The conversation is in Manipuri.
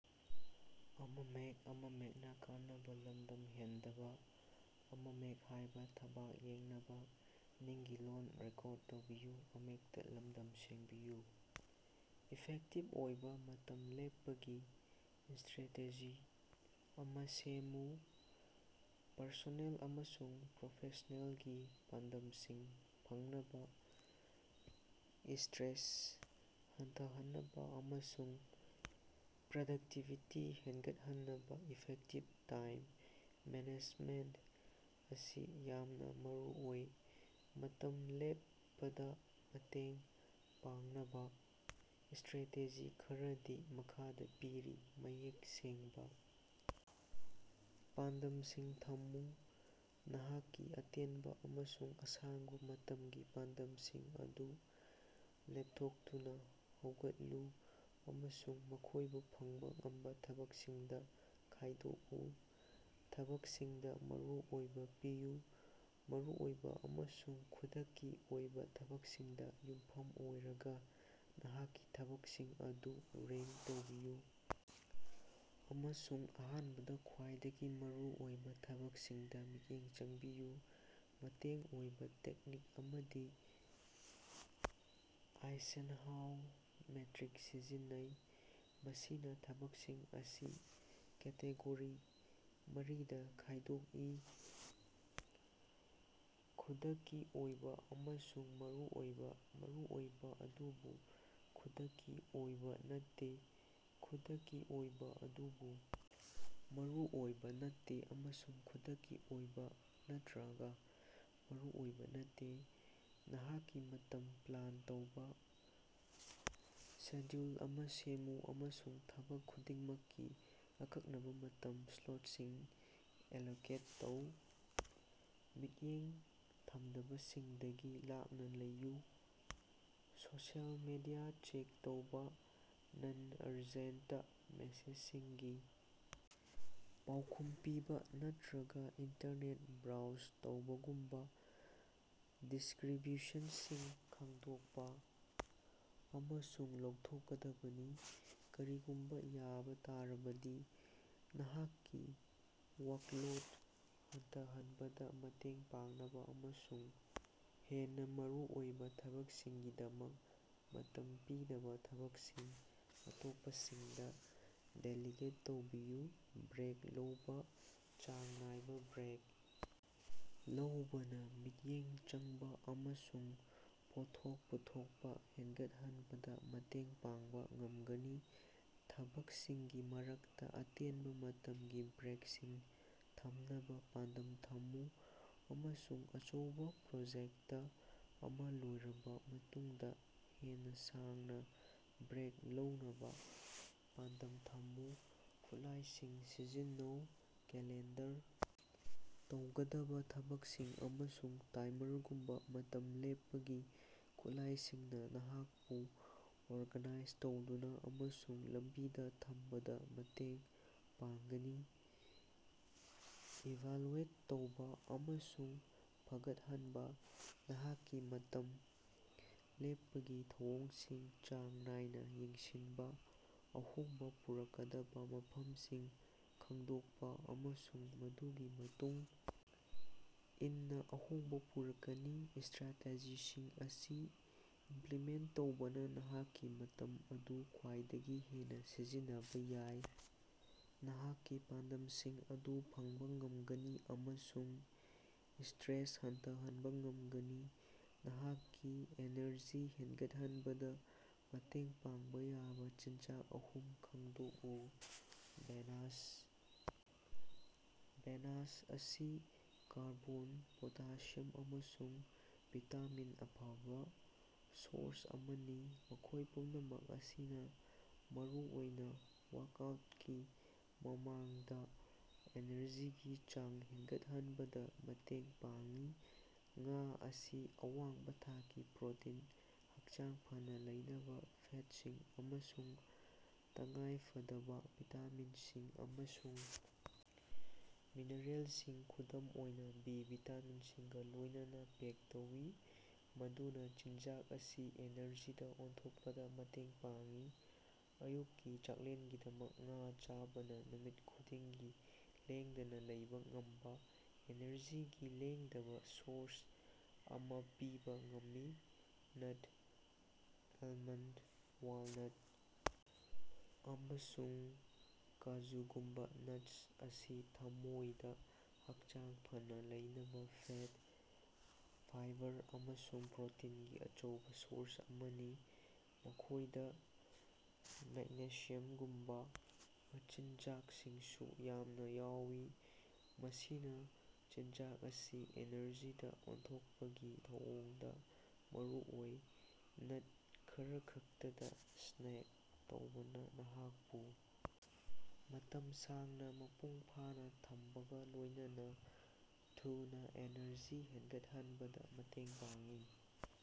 ꯏꯐꯦꯛꯇꯤꯞ ꯑꯣꯏꯕꯥ ꯃꯇꯝ ꯂꯦꯞꯄꯒꯤ ꯏꯁꯇ꯭ꯔꯦꯇꯦꯖꯤ ꯑꯃꯥ ꯁꯦꯝꯃꯨ꯫ ꯄꯔꯁꯣꯅꯦꯜ ꯑꯃꯁꯨꯡ ꯄ꯭ꯔꯣꯐꯦꯁꯅꯦꯜꯒꯤ ꯄꯥꯟꯗꯝꯁꯤꯡ ꯐꯪꯅꯕꯥ, ꯏꯁꯇ꯭ꯔꯦꯁ ꯍꯟꯊꯍꯟꯅꯕꯥ ꯑꯃꯁꯨꯡ ꯄ꯭ꯔꯗꯛꯇꯤꯕꯤꯇꯤ ꯍꯦꯟꯒꯠꯍꯟꯅꯕꯥ ꯏꯐꯦꯛꯇꯤꯕ ꯇꯥꯏꯝ ꯃꯦꯅꯦꯖꯃꯦꯟꯇ ꯑꯁꯤ ꯌꯥꯝꯅꯥ ꯃꯔꯨꯑꯣꯏ꯫ ꯃꯇꯝ ꯂꯦꯞꯄꯗꯥ ꯃꯇꯦꯡ ꯄꯥꯡꯅꯕꯥ ꯏꯁꯇ꯭ꯔꯦꯇꯦꯖꯤ ꯈꯔꯗꯤ ꯃꯈꯥꯗꯥ ꯄꯤꯔꯤ: ꯃꯌꯦꯛ ꯁꯦꯡꯕꯥ ꯄꯥꯟꯗꯝꯁꯤꯡ ꯊꯝꯃꯨ: ꯅꯍꯥꯛꯀꯤ ꯑꯇꯦꯟꯕꯥ ꯑꯃꯁꯨꯡ ꯑꯁꯥꯡꯕꯥ ꯃꯇꯝꯒꯤ ꯄꯥꯟꯗꯝꯁꯤꯡ ꯑꯗꯨ ꯂꯦꯞꯊꯣꯛꯇꯨꯅꯥ ꯍꯧꯒꯠꯂꯨ ꯑꯃꯁꯨꯡ ꯃꯈꯣꯏꯕꯨ ꯐꯪꯕꯥ ꯉꯝꯕꯥ ꯊꯕꯛꯁꯤꯡꯗꯥ ꯈꯥꯏꯗꯣꯛꯎ꯫ ꯊꯕꯛꯁꯤꯡꯗꯥ ꯃꯔꯨ ꯑꯣꯏꯕꯥ ꯄꯤꯌꯨ: ꯃꯔꯨꯑꯣꯏꯕꯥ ꯑꯃꯁꯨꯡ ꯈꯨꯗꯛꯀꯤ ꯑꯣꯏꯕꯥ ꯊꯕꯛꯁꯤꯡꯗꯥ ꯌꯨꯝꯐꯝ ꯑꯣꯏꯔꯒꯥ ꯅꯍꯥꯛꯀꯤ ꯊꯕꯛꯁꯤꯡ ꯑꯗꯨ ꯔꯦꯡ ꯇꯧꯕꯤꯌꯨ ꯑꯃꯁꯨꯡ ꯑꯍꯥꯟꯕꯗꯥ ꯈ꯭ꯋꯥꯏꯗꯒꯤ ꯃꯔꯨ ꯑꯣꯏꯕꯥ ꯊꯕꯛꯁꯤꯡꯗꯥ ꯃꯤꯠꯌꯦꯡ ꯆꯪꯕꯤꯌꯨ꯫ ꯃꯇꯦꯡ ꯑꯣꯏꯕꯥ ꯇꯦꯛꯅꯤꯛ ꯑꯃꯗꯤ ꯑꯥꯏꯁꯦꯟꯍꯥꯎ ꯃꯦꯇ꯭ꯔꯤꯛ ꯁꯤꯖꯤꯟꯅꯩ, ꯃꯁꯤꯅꯥ ꯊꯕꯛꯁꯤꯡ ꯑꯁꯤ ꯀꯦꯇꯦꯒꯣꯔꯤ ꯃꯔꯤꯗꯥ ꯈꯥꯏꯗꯣꯀꯏ: ꯈꯨꯗꯛꯀꯤ ꯑꯣꯏꯕꯥ ꯑꯃꯁꯨꯡ ꯃꯔꯨꯑꯣꯏꯕꯥ, ꯃꯔꯨꯑꯣꯏꯕꯥ ꯑꯗꯨꯕꯨ ꯈꯨꯗꯛꯀꯤ ꯑꯣꯏꯕꯥ ꯅꯠꯇꯦ, ꯈꯨꯗꯛꯀꯤ ꯑꯣꯏꯕꯥ ꯑꯗꯨꯕꯨ ꯃꯔꯨꯑꯣꯏꯕꯥ ꯅꯠꯇꯦ, ꯑꯃꯁꯨꯡ ꯈꯨꯗꯛꯀꯤ ꯑꯣꯏꯕꯥ ꯅꯠꯔꯒꯥ ꯃꯔꯨꯑꯣꯏꯕꯥ ꯅꯠꯇꯦ꯫ ꯅꯍꯥꯛꯀꯤ ꯃꯇꯝ ꯄ꯭ꯂꯥꯟ ꯇꯧꯕꯥ: ꯁꯦꯗ꯭ꯌꯨꯜ ꯑꯃꯥ ꯁꯦꯝꯃꯨ ꯑꯃꯁꯨꯡ ꯊꯕꯛ ꯈꯨꯗꯤꯡꯃꯛꯀꯤ ꯑꯀꯛꯅꯕꯥ ꯃꯇꯝ ꯁ꯭ꯂꯣꯠꯁꯤꯡ ꯑꯦꯂꯣꯀꯦꯠ ꯇꯧ꯫ ꯃꯤꯠꯌꯦꯡ ꯊꯝꯗꯕꯁꯤꯡꯗꯒꯤ ꯂꯥꯞꯅꯥ ꯂꯩꯌꯨ: ꯁꯣꯁꯤꯑꯦꯜ ꯃꯤꯗꯤꯌꯥ ꯆꯦꯛ ꯇꯧꯕꯥ, ꯅꯟ-ꯑꯔꯖꯦꯟꯇ ꯃꯦꯁꯦꯖꯁꯤꯡꯒꯤ ꯄꯥꯎꯈꯨꯝ ꯄꯤꯕꯥ, ꯅꯠꯇ꯭ꯔꯒꯥ ꯏꯟꯇꯔꯅꯦꯠ ꯕ꯭ꯔꯥꯎꯖ ꯇꯧꯕꯒꯨꯝꯕꯥ ꯗꯤꯁꯀ꯭ꯔꯤꯕ꯭ꯌꯨꯁꯟꯁꯤꯡ ꯈꯪꯗꯣꯛꯄꯥ ꯑꯃꯁꯨꯡ ꯂꯧꯊꯣꯛꯀꯗꯕꯅꯤ꯫ ꯀꯔꯤꯒꯨꯝꯕꯥ ꯌꯥꯕꯥ ꯇꯥꯔꯕꯗꯤ, ꯅꯍꯥꯛꯀꯤ ꯋꯥꯛꯂꯣꯠ ꯍꯟꯊꯍꯟꯕꯗꯥ ꯃꯇꯦꯡ ꯄꯥꯡꯅꯕꯥ ꯑꯃꯁꯨꯡ ꯍꯦꯟꯅꯥ ꯃꯔꯨꯑꯣꯏꯕꯥ ꯊꯕꯛꯁꯤꯡꯒꯤꯗꯃꯛ ꯃꯇꯝ ꯄꯤꯅꯕꯥ ꯊꯕꯛꯁꯤꯡ ꯑꯇꯣꯞꯄꯁꯤꯡꯗꯥ ꯗꯦꯂꯤꯒꯦꯠ ꯇꯧꯕꯤꯎ꯫ ꯕ꯭ꯔꯦꯛ ꯂꯧꯕꯥ: ꯆꯥꯡ ꯅꯥꯏꯅꯥ ꯕ꯭ꯔꯦꯛ ꯂꯧꯕꯅꯥ ꯃꯤꯠꯌꯦꯡ ꯆꯪꯕꯥ ꯑꯃꯁꯨꯡ ꯄꯣꯠꯊꯣꯛ ꯄꯨꯊꯣꯛꯄꯥ ꯍꯦꯟꯅꯒꯠꯍꯟꯕꯗꯥ ꯃꯇꯦꯡ ꯄꯥꯡꯕꯥ ꯉꯝꯒꯅꯤ꯫ ꯊꯕꯛꯁꯤꯡꯒꯤ ꯃꯔꯛꯇꯥ ꯑꯇꯦꯟꯕꯥ ꯃꯇꯝꯒꯤ ꯕ꯭ꯔꯦꯛꯁꯤꯡ ꯊꯝꯅꯕꯥ ꯄꯥꯟꯗꯝ ꯊꯝꯃꯨ ꯑꯃꯁꯨꯡ ꯑꯆꯧꯕꯥ ꯄ꯭ꯔꯣꯖꯦꯛꯇ ꯑꯃꯥ ꯂꯣꯏꯔꯕꯥ ꯃꯇꯨꯡꯗꯥ ꯍꯦꯟꯅꯥ ꯁꯥꯡꯅꯥ ꯕ꯭ꯔꯦꯛ ꯂꯧꯅꯕꯥ ꯄꯥꯟꯗꯝ ꯊꯝꯃꯨ꯫ ꯈꯨꯠꯂꯥꯏꯁꯤꯡ ꯁꯤꯖꯤꯟꯅꯧ: ꯀꯦꯂꯦꯟꯗꯔ, ꯇꯧꯒꯗꯕꯥ ꯊꯕꯛꯁꯤꯡ ꯑꯃꯁꯨꯡ ꯇꯥꯏꯃꯔꯒꯨꯝꯕꯥ ꯃꯇꯝ ꯂꯦꯞꯄꯒꯤ ꯈꯨꯠꯂꯥꯏꯁꯤꯡꯅꯥ ꯅꯍꯥꯛꯄꯨ ꯑꯣꯔꯒꯅꯥꯏꯖ ꯇꯧꯗꯨꯅꯥ ꯑꯃꯁꯨꯡ ꯂꯝꯕꯤꯗꯥ ꯊꯝꯕꯗꯥ ꯃꯇꯦꯡ ꯄꯥꯡꯒꯅꯤ꯫ ꯏꯚꯥꯂꯨꯑꯦꯠ ꯇꯧꯕꯥ ꯑꯃꯁꯨꯡ ꯐꯒꯠꯍꯟꯕꯥ: ꯅꯍꯥꯛꯀꯤ ꯃꯇꯝ ꯂꯦꯞꯄꯒꯤ ꯊꯧꯑꯣꯡꯁꯤꯡ ꯆꯥꯡ ꯅꯥꯏꯅꯥ ꯌꯦꯡꯁꯤꯟꯕꯥ, ꯑꯍꯣꯡꯕꯥ ꯄꯨꯔꯛꯀꯗꯕꯥ ꯃꯐꯝꯁꯤꯡ ꯈꯪꯗꯣꯛꯄꯥ ꯑꯃꯁꯨꯡ ꯃꯗꯨꯒꯤ ꯃꯇꯨꯡ ꯏꯟꯅꯥ ꯑꯍꯣꯡꯕꯥ ꯄꯨꯔꯛꯀꯅꯤ꯫ ꯏꯁꯇ꯭ꯔꯥꯇꯦꯖꯤꯁꯤꯡ ꯑꯁꯤ ꯏꯝꯄ꯭ꯂꯤꯃꯦꯟ ꯇꯧꯕꯅꯥ ꯅꯍꯥꯛꯀꯤ ꯃꯇꯝ ꯑꯗꯨ ꯈ꯭ꯋꯥꯏꯗꯒꯤ ꯍꯦꯟꯅꯥ ꯁꯤꯖꯤꯟꯅꯕꯥ ꯌꯥꯏ, ꯅꯍꯥꯛꯀꯤ ꯄꯥꯟꯗꯝꯁꯤꯡ ꯑꯗꯨ ꯐꯪꯕꯥ ꯉꯝꯒꯅꯤ ꯑꯃꯁꯨꯡ ꯏꯁꯇ꯭ꯔꯦꯁ ꯍꯟꯊꯍꯟꯕꯥ ꯉꯝꯒꯅꯤ꯫ ꯅꯍꯥꯛꯀꯤ ꯑꯦꯅꯔꯖꯤ ꯍꯦꯟꯒꯠꯍꯟꯕꯗꯥ ꯃꯇꯦꯡ ꯄꯥꯡꯕꯥ ꯌꯥꯕꯥ ꯆꯤꯟꯖꯥꯛ ꯑꯍꯨꯝ ꯈꯪꯗꯣꯛꯎ꯫ ꯕꯦꯅꯥꯁ: ꯕꯦꯅꯥꯁ ꯑꯁꯤ ꯀꯥꯔꯕꯣꯟ, ꯄꯣꯇꯥꯁꯤꯌꯝ ꯑꯃꯁꯨꯡ ꯚꯤꯇꯥꯃꯤꯟ ꯑꯐꯕꯥ ꯁꯣꯔꯁ ꯑꯃꯅꯤ, ꯃꯈꯣꯏ ꯄꯨꯝꯅꯃꯛ ꯑꯁꯤꯅꯥ ꯃꯔꯨꯑꯣꯏꯅꯥ ꯋꯥꯛꯑꯥꯎꯇꯀꯤ ꯃꯃꯥꯡꯗꯥ ꯑꯦꯅꯔꯖꯤꯒꯤ ꯆꯥꯡ ꯍꯦꯟꯒꯠꯍꯟꯕꯗꯥ ꯃꯇꯦꯡ ꯄꯥꯡꯏ꯫ ꯉꯥ ꯑꯁꯤ ꯑꯋꯥꯡꯕꯥ ꯊꯥꯛꯀꯤ ꯄ꯭ꯔꯣꯇꯤꯟ, ꯍꯛꯆꯥꯡ ꯐꯅꯥ ꯂꯩꯅꯕꯥ ꯐꯦꯠꯁꯤꯡ ꯑꯃꯁꯨꯡ ꯇꯉꯥꯏꯐꯗꯕꯥ ꯚꯤꯇꯥꯃꯤꯟꯁꯤꯡ ꯑꯃꯁꯨꯡ ꯃꯤꯅꯔꯦꯜꯁꯤꯡ, ꯈꯨꯗꯝ ꯑꯣꯏꯅꯥ ꯕꯤ ꯚꯤꯇꯥꯃꯤꯟꯁꯤꯡꯒꯥ ꯂꯣꯏꯅꯅꯥ ꯄꯦꯛ ꯇꯧꯏ, ꯃꯗꯨꯅꯥ ꯆꯤꯟꯖꯥꯛ ꯑꯁꯤ ꯑꯦꯅꯔꯖꯤꯗꯥ ꯑꯣꯟꯊꯣꯛꯄꯗꯥ ꯃꯇꯦꯡ ꯄꯥꯡꯏ꯫ ꯑꯌꯨꯛꯀꯤ ꯆꯥꯛꯂꯦꯟꯒꯤꯗꯃꯛ ꯉꯥ ꯆꯥꯕꯅꯥ ꯅꯨꯃꯤꯠ ꯈꯨꯗꯤꯡꯒꯤ ꯂꯦꯡꯗꯅꯥ ꯂꯩꯕꯥ ꯉꯝꯕꯥ ꯑꯦꯅꯔꯖꯤꯒꯤ ꯂꯦꯡꯗꯕꯥ ꯁꯣꯔꯁ ꯑꯃꯥ ꯄꯤꯕꯥ ꯉꯝꯃꯤ꯫ ꯅꯠ: ꯑꯦꯜꯃꯟꯗ, ꯋꯥꯜꯅꯠ ꯑꯃꯁꯨꯡ ꯀꯥꯖꯨꯒꯨꯝꯕꯥ ꯅꯠꯁ ꯑꯁꯤ ꯊꯝꯃꯣꯏꯗꯥ ꯍꯛꯆꯥꯡ ꯐꯅꯥ ꯂꯩꯅꯕꯥ ꯐꯦꯠ, ꯐꯥꯏꯕꯔ ꯑꯃꯁꯨꯡ ꯄ꯭ꯔꯣꯇꯤꯟꯒꯤ ꯑꯆꯧꯕꯥ ꯁꯣꯔꯁ ꯑꯃꯅꯤ꯫ ꯃꯈꯣꯏꯗꯥ ꯃꯦꯛꯅꯦꯁꯤꯌꯝꯒꯨꯝꯕꯥ ꯃꯆꯤꯟꯖꯥꯛꯁꯤꯡꯁꯨ ꯌꯥꯝꯅꯥ ꯌꯥꯎꯏ, ꯃꯁꯤꯅꯥ ꯆꯤꯟꯖꯥꯛ ꯑꯁꯤ ꯏꯅꯔꯖꯤꯗꯥ ꯑꯣꯟꯊꯣꯛꯄꯒꯤ ꯊꯧꯑꯣꯡꯗꯥ ꯃꯔꯨ ꯑꯣꯏ꯫ ꯅꯠ ꯈꯔꯈꯛꯇꯗꯥ ꯁ꯭ꯅꯦꯛ ꯇꯧꯕꯅꯥ ꯅꯍꯥꯛꯄꯨ ꯃꯇꯝ ꯁꯥꯡꯅꯥ ꯃꯄꯨꯡ ꯐꯥꯅꯥ ꯊꯝꯕꯒꯥ ꯂꯣꯏꯅꯅꯥ ꯊꯨꯅꯥ ꯑꯦꯅꯔꯖꯤ ꯍꯦꯟꯒꯠꯍꯟꯕꯗꯥ ꯃꯇꯦꯡ ꯄꯥꯡꯏ꯫